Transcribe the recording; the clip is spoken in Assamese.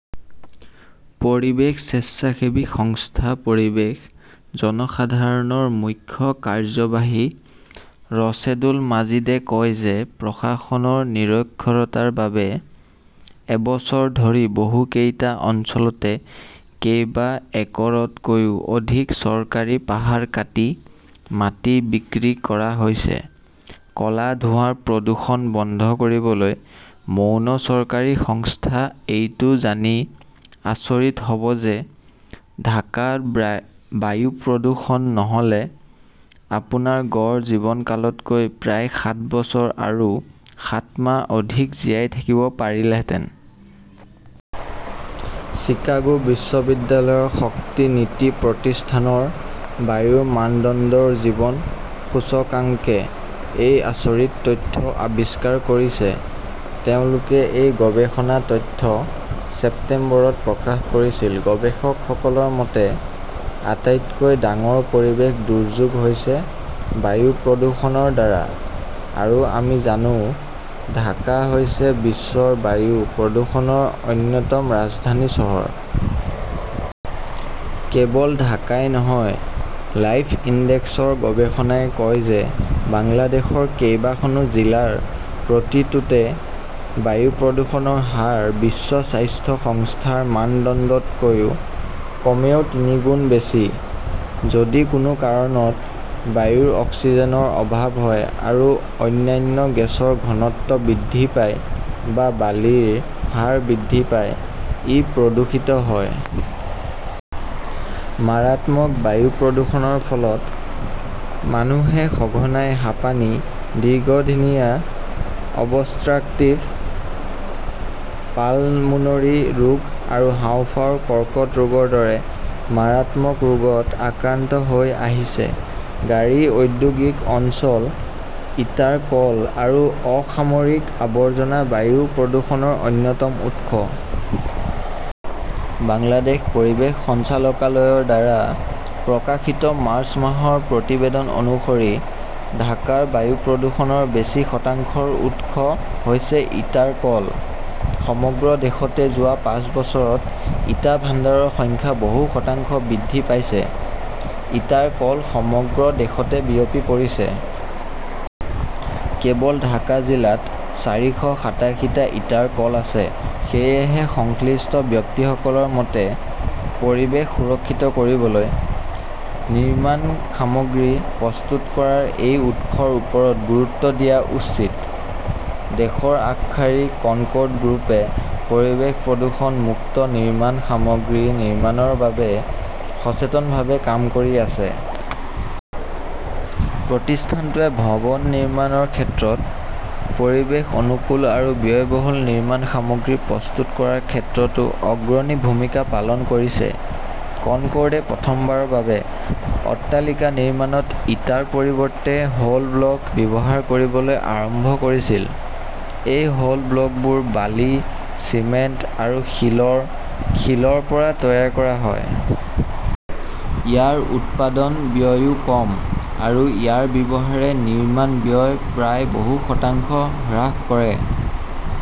পৰিৱেশ স্বেচ্ছাসেৱী সংস্থা পৰিৱেশ জনসাধাৰণৰ মুখ্য কাৰ্যবাহী ৰছেদুল মাজিদে কয় যে প্ৰশাসনৰ নিৰক্ষৰতাৰ বাবে এবছৰ ধৰি বহুকেইটা অঞ্চলতে কেইবা একৰতকৈও অধিক চৰকাৰী পাহাৰ কাটি মাটি বিক্ৰী কৰা হৈছে। ক'লা ধোঁৱাৰ প্ৰদূষণ বন্ধ কৰিবলৈ মৌন চৰকাৰী সংস্থা এইটো জানি আচৰিত হ'ব যে ঢাকাৰ বায়ু প্ৰদূষণ নহ'লে আপোনাৰ গড় জীৱনকালতকৈ প্ৰায় সাত বছৰ আৰু সাত মাহ অধিক জীয়াই থাকিব পাৰিলেহেঁতেন। চিকাগো বিশ্ববিদ্যালয়ৰ শক্তি নীতি প্ৰতিষ্ঠানৰ বায়ুৰ মানদণ্ডৰ জীৱন সূচকাংকে এই আচৰিত তথ্য আৱিষ্কাৰ কৰিছে। তেওঁলোকে এই গৱেষণা তথ্য ছেপ্টেম্বৰত প্ৰকাশ কৰিছিল। গৱেষকসকলৰ মতে, আটাইতকৈ ডাঙৰ পৰিৱেশ দুৰ্যোগ হৈছে বায়ু প্ৰদূষণৰ দ্বাৰা। আৰু আমি জানো, ঢাকা হৈছে বিশ্বৰ বায়ু প্ৰদূষণৰ অন্যতম ৰাজধানী চহৰ। কেৱল ঢাকাই নহয়, লাইফ ইনডেক্সৰ গৱেষণাই কয় যে বাংলাদেশৰ‌ কেইবাখনো জিলাৰ প্ৰতিটোতে বায়ু প্ৰদূষণৰ হাৰ বিশ্ব স্বাস্থ্য সংস্থাৰ মানদণ্ডতকৈ কমেও তিনিগুণ বেছি। যদি কোনো কাৰণত বায়ুৰ অক্সিজেনৰ অভাৱ হয় আৰু অন্যান্য গেছৰ ঘনত্ব বৃদ্ধি পায় বা বালিৰ হাৰ বৃদ্ধি পায়, ই প্ৰদূষিত হয়। মাৰাত্মক বায়ু প্ৰদূষণৰ ফলত মানুহে সঘনাই হাঁপানি, দীৰ্ঘদিনীয়া অবষ্ট্ৰাকটিভ পালমোনৰী ৰোগ আৰু হাঁওফাঁওৰ কৰ্কট ৰোগৰ দৰে মাৰাত্মক ৰোগত আক্ৰান্ত হৈ আহিছে। গাড়ী, ঔদ্যোগিক অঞ্চল, ইটাৰ কল আৰু অসামৰিক আৱৰ্জনা বায়ু প্ৰদূষণৰ অন্যতম উৎস। বাংলাদেশ পৰিৱেশ সঞ্চালকালয়ৰ দ্বাৰা প্ৰকাশিত মাৰ্চ মাহৰ প্ৰতিবেদন অনুসৰি ঢাকাৰ বায়ু প্ৰদূষণৰ বেছি শতাংশৰ উৎস হৈছে ইটাৰ কল। সমগ্ৰ দেশতে যোৱা পাঁচ বছৰত ইটা ভাণ্ডাৰৰ সংখ্যা বহু শতাংশ বৃদ্ধি পাইছে। ইটাৰ কল সমগ্ৰ দেশতে বিয়পি পৰিছে। কেৱল ঢাকা জিলাত চাৰিশ সাতাশীটা ইটাৰ কল আছে। সেয়েহে, সংশ্লিষ্ট ব্যক্তিসকলৰ মতে, পৰিৱেশ সুৰক্ষিত কৰিবলৈ নিৰ্মাণ সামগ্ৰী প্ৰস্তুত কৰাৰ এই উৎসৰ ওপৰত গুৰুত্ব দিয়া উচিত। দেশৰ আগশাৰীৰ কনকৰ্ড গ্ৰুপে পৰিৱেশ প্ৰদূষণ মুক্ত নিৰ্মাণ সামগ্ৰী নিৰ্মাণৰ বাবে সচেতনভাৱে কাম কৰি আছে। প্ৰতিষ্ঠানটোৱে ভৱন নিৰ্মাণৰ ক্ষেত্ৰত পৰিৱেশ-অনুকূল আৰু ব্যয়বহুল নিৰ্মাণ সামগ্ৰী প্ৰস্তুত কৰাৰ ক্ষেত্ৰতো অগ্ৰণী ভূমিকা পালন কৰিছে। কনকৰ্ডে প্ৰথমবাৰৰ বাবে অট্টালিকা নিৰ্মাণত ইটাৰ পৰিৱৰ্তে হল ব্লক ব্যৱহাৰ কৰিবলৈ আৰম্ভ কৰিছিল। এই হল ব্লকবোৰ বালি, চিমেণ্ট আৰু শিলৰ শিলৰ পৰা তৈয়াৰ কৰা হয়। ইয়াৰ উৎপাদন ব্যয়ও কম আৰু ইয়াৰ ব্যৱহাৰে নিৰ্মাণ ব্যয় প্ৰায় বহু শতাংশ হ্ৰাস কৰে